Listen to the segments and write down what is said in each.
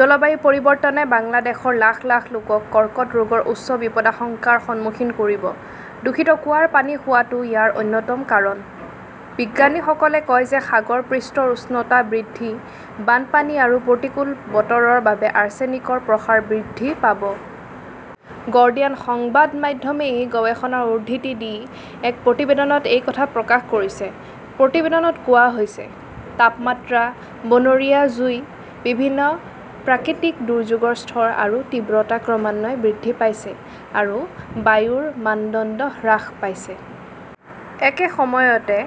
জলবায়ু পৰিৱৰ্তনে বাংলাদেশৰ লাখ লাখ লোকক কৰ্কট ৰোগৰ উচ্চ বিপদাশংকাৰ সন্মুখীন কৰিব। দূষিত কুঁৱাৰ পানী খোৱাটো ইয়াৰ অন্যতম কাৰণ। বিজ্ঞানীসকলে কয় যে সাগৰ পৃষ্ঠৰ উচ্চতা বৃদ্ধি, বানপানী আৰু প্ৰতিকূল বতৰৰ বাবে আৰ্ছেনিকৰ প্ৰসাৰ বৃদ্ধি পাব। গৰ্ডিয়ান সংবাদ মাধ্যমে এই গৱেষণাৰ উদ্ধৃতি দি এক প্ৰতিবেদনত এই কথা প্ৰকাশ কৰিছে। প্ৰতিবেদনত কোৱা হৈছে। তাপমাত্ৰা, বনৰীয়া জুই, বিভিন্ন প্ৰাকৃতিক দুৰ্যোগৰ স্তৰ আৰু তীব্ৰতা ক্ৰমান্বয়ে বৃদ্ধি পাইছে, আৰু বায়ুৰ মানদণ্ড হ্ৰাস পাইছে। একে সময়তে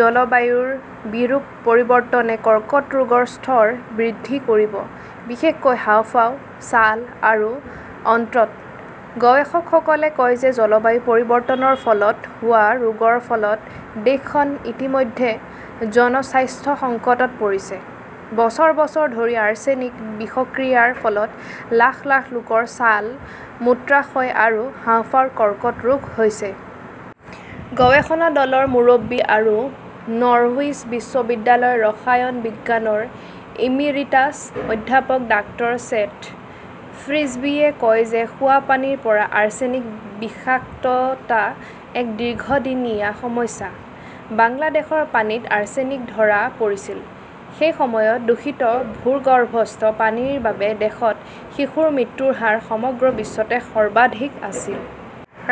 জলবায়ুৰ বিৰূপ পৰিৱৰ্তনে কৰ্কট ৰোগৰ স্তৰ বৃদ্ধি কৰিব, বিশেষকৈ হাঁওফাঁও, ছাল আৰু অন্ত্ৰত। গৱেষকসকলে কয় যে জলবায়ু পৰিৱৰ্তনৰ ফলত হোৱা ৰোগৰ ফলত দেশখন ইতিমধ্যে জনস্বাস্থ্য সংকটত পৰিছে। বছৰ বছৰ ধৰি আৰ্ছেনিক বিষক্ৰিয়াৰ ফলত লাখ লাখ লোকৰ ছাল, মূত্ৰাশয় আৰু হাঁওফাঁওৰ কৰ্কট ৰোগ হৈছে। গৱেষণা দলৰ মুৰব্বী আৰু নৰউইচ বিশ্ববিদ্যালয়ৰ ৰসায়ন বিজ্ঞানৰ এমিৰিটাছ অধ্যাপক ডাক্তৰ ছেথ ফ্ৰিছবিয়ে কয় যে খোৱা পানীৰ পৰা আৰ্ছেনিক বিষাক্ততা এক দীৰ্ঘদিনীয়া সমস্যা। বাংলাদেশৰ পানীত আৰ্ছেনিক ধৰা পৰিছিল। সেই সময়ত দূষিত ভূগৰ্ভস্থ পানীৰ বাবে দেশত শিশুৰ মৃত্যুৰ হাৰ সমগ্ৰ বিশ্বতে সৰ্বাধিক আছিল।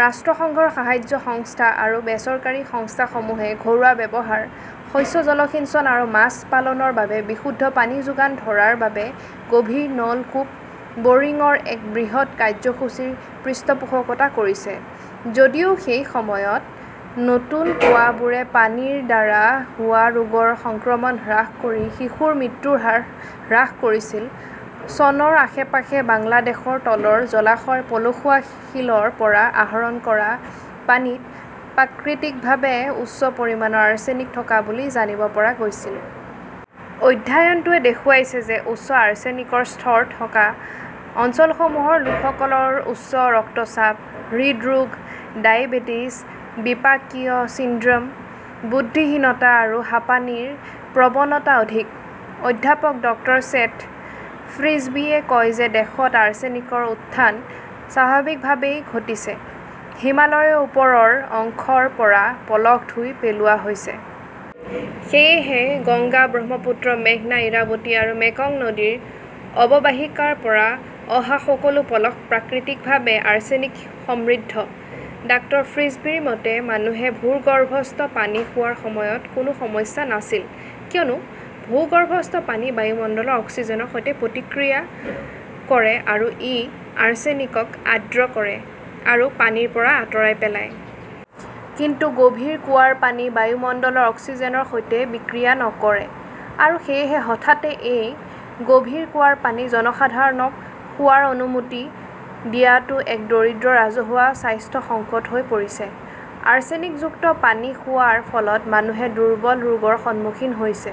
ৰাষ্ট্ৰসংঘৰ সাহায্য সংস্থা আৰু বেচৰকাৰী সংস্থাসমূহে ঘৰুৱা ব্যৱহাৰ, শস্য জলসিঞ্চন আৰু মাছ পালনৰ বাবে বিশুদ্ধ পানী যোগান ধৰাৰ বাবে গভীৰ নলকূপ বৰিংৰ এক বৃহৎ কাৰ্যসূচীৰ পৃষ্ঠপোষকতা কৰিছে। যদিও সেই সময়ত নতুন কুঁৱাবোৰে পানীৰ দ্বাৰা হোৱা ৰোগৰ সংক্ৰমণ হ্ৰাস কৰি শিশুৰ মৃত্যুৰ হাৰ হ্ৰাস কৰিছিল, চনৰ আশে-পাশে বাংলাদেশৰ তলৰ জলাশয়ৰ পলসুৱা শিলৰ পৰা আহৰণ কৰা পানীত প্ৰাকৃতিকভাৱে উচ্চ পৰিমাণৰ আৰ্ছেনিক থকা বুলি জানিব পৰা গৈছিল। অধ্যয়নটোৱে দেখুৱাইছে যে উচ্চ আৰ্ছেনিকৰ স্তৰ থকা অঞ্চলসমূহৰ লোকসকলৰ উচ্চ ৰক্তচাপ, হৃদৰোগ, ডায়েবেটিছ, বিপাকীয় চিনড্ৰম, বুদ্ধিহীনতা আৰু হাঁপানিৰ প্ৰৱণতা অধিক। অধ্যাপক ডক্টৰ ছেথ ফ্ৰিছবিয়ে কয় যে দেশত আৰ্ছেনিকৰ উত্থান স্বাভাৱিকভাৱেই ঘটিছে। হিমালয়ৰ ওপৰৰ অংশৰ পৰা পলস ধুই পেলোৱা হৈছে। সেয়েহে গংগা, ব্ৰহ্মপুত্ৰ, মেঘনা, ইৰাবতী আৰু মেকং নদীৰ অৱবাহিকাৰ পৰা অহা সকলো পলস প্ৰাকৃতিকভাৱে আৰ্ছেনিক সমৃদ্ধ। ডাক্তৰ ফ্ৰিছবীৰ মতে, মানুহে ভূগৰ্ভস্থ পানী খোৱাৰ সময়ত কোনো সমস্যা নাছিল, কিয়নো ভূগৰ্ভস্থ পানী বায়ুমণ্ডলৰ অক্সিজেনৰ সৈতে প্ৰতিক্ৰিয়া কৰে আৰু ই আৰ্ছেনিকক আৰ্দ্ৰ কৰে আৰু পানীৰ পৰা আঁতৰাই পেলায়। কিন্তু গভীৰ কুঁৱাৰ পানী বায়ুমণ্ডলৰ অক্সিজেনৰ সৈতে বিক্ৰিয়া নকৰে। আৰু সেয়েহে হঠাতে এই গভীৰ কুঁৱাৰ পানী জনসাধাৰণক খোৱাৰ অনুমতি দিয়াটো এক দৰিদ্ৰ ৰাজহুৱা স্বাস্থ্য সংকট হৈ পৰিছে। আৰ্ছেনিকযুক্ত পানী খোৱাৰ ফলত মানুহে দুৰ্বল ৰোগৰ সন্মুখীন হৈছে।